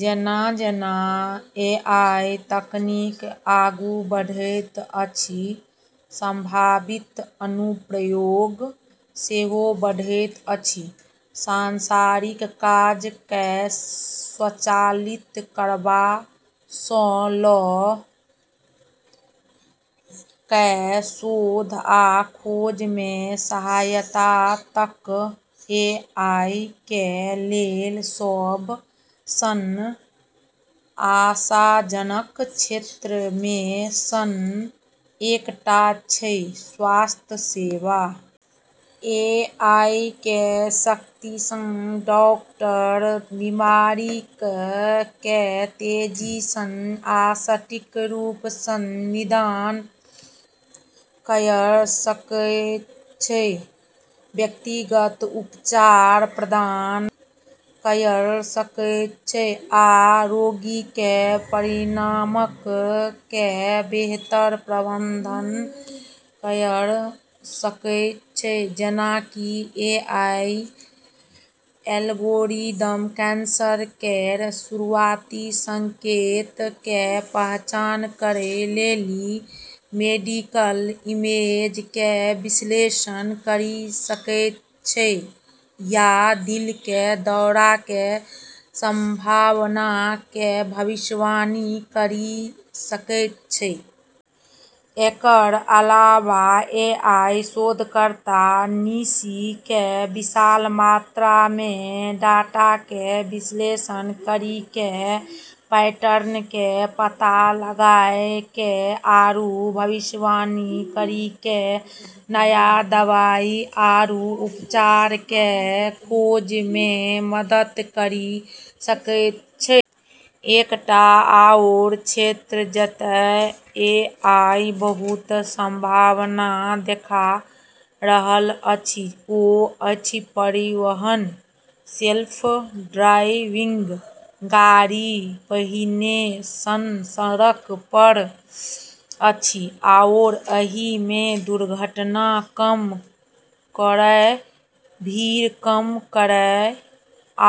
जेना-जेना एआई तकनीक आगू बढ़ैत अछि, संभावित अनुप्रयोग सेहो बढ़ैत अछि, सांसारिक काज कए स्वचालित करबा स ल कए शोध आ खोज मे सहायता तक। एआई कें लेल सब सं आशाजनक क्षेत्र मे सं एकटा छै स्वास्थ्य सेवा. एआई कें शक्ति सं डॉक्टर बीमारियक कें तेजी सं आ सटीक रूप सं निदान कयर सकय छै, व्यक्तिगत उपचार प्रदान कयर सकय छै आ रोगी कें परिणामक कें बेहतर प्रबंधन कयर सकय छै जेना कि एआई एल्गोरिदम कैंसर केरऽ शुरुआती संकेतऽ के पहचान करै लेली मेडिकल इमेज के विश्लेषण करी सकै छै या दिल के दौरा के संभावना के भविष्यवाणी करी सकै छै। एकरऽ अलावा एआई शोधकर्ता सिनी के विशाल मात्रा मे डाटा के विश्लेषण करी के, पैटर्न के पता लगाय के आरू भविष्यवाणी करी के नया दवाई आरू उपचार के खोज मे मदद करी सकै छै। एकटा आओर क्षेत्र जतय एआई बहुत संभावना देखा रहल अछि ओ अछि परिवहन। सेल्फ ड्राइविंग गाड़ी पहिने सं सड़क पर अछि आओर एहि मे दुर्घटना कम करय, भीड़ कम करय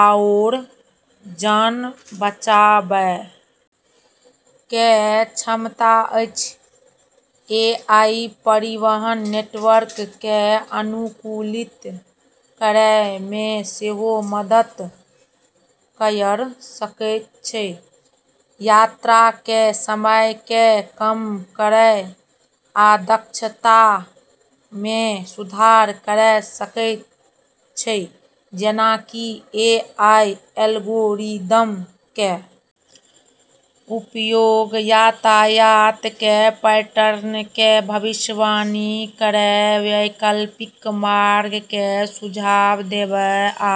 आओर जान बचाबय के क्षमता अछि, एआई परिवहन नेटवर्क कें अनुकूलित करय मे सेहो मदद कयर सकय छै, यात्रा कें समय कें कम करय आ दक्षता मे सुधार करय सकय छै जेना कि एआई एल्गोरिदम के उपयोग यातायात के पैटर्न के भविष्यवाणी करय, वैकल्पिक मार्ग के सुझाव देबय आ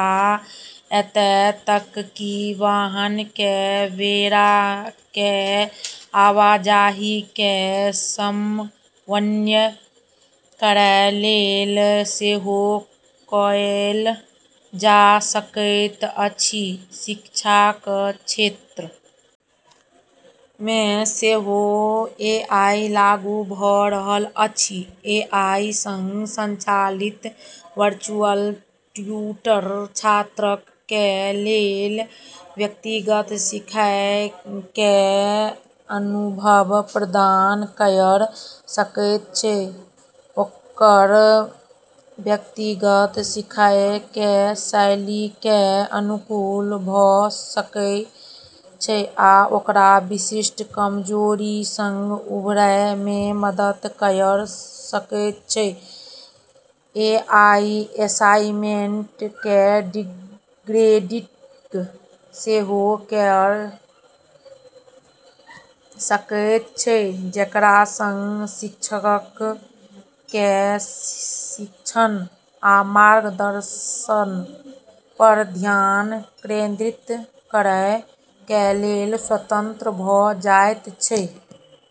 एतय तक कि वाहन के बेड़ा के आवाजाही के समन्वय करय लेल सेहो कएल जा सकैत अछि, शिक्षा क क्षेत्र मे सेहो एआई लागू भ रहल अछि, एआई सं संचालित वर्चुअल ट्यूटर छात्रक कें लेल व्यक्तिगत सीखय कें अनुभव प्रदान कयर सकय छै ओकर व्यक्तिगत सीखय कें शैली कें अनुकूल भ सकय छै आ ओकरा विशिष्ट कमजोरी सं उबरय मे मदद कयर सकय छै, एआई असाइनमेंट कें ग्रेडिंग सेहो कयर सकय छै जेकरा सं शिक्षकक कें शिक्षण आ मार्गदर्शन पर ध्यान केंद्रित करय कें लेल स्वतंत्र भ जायत छै।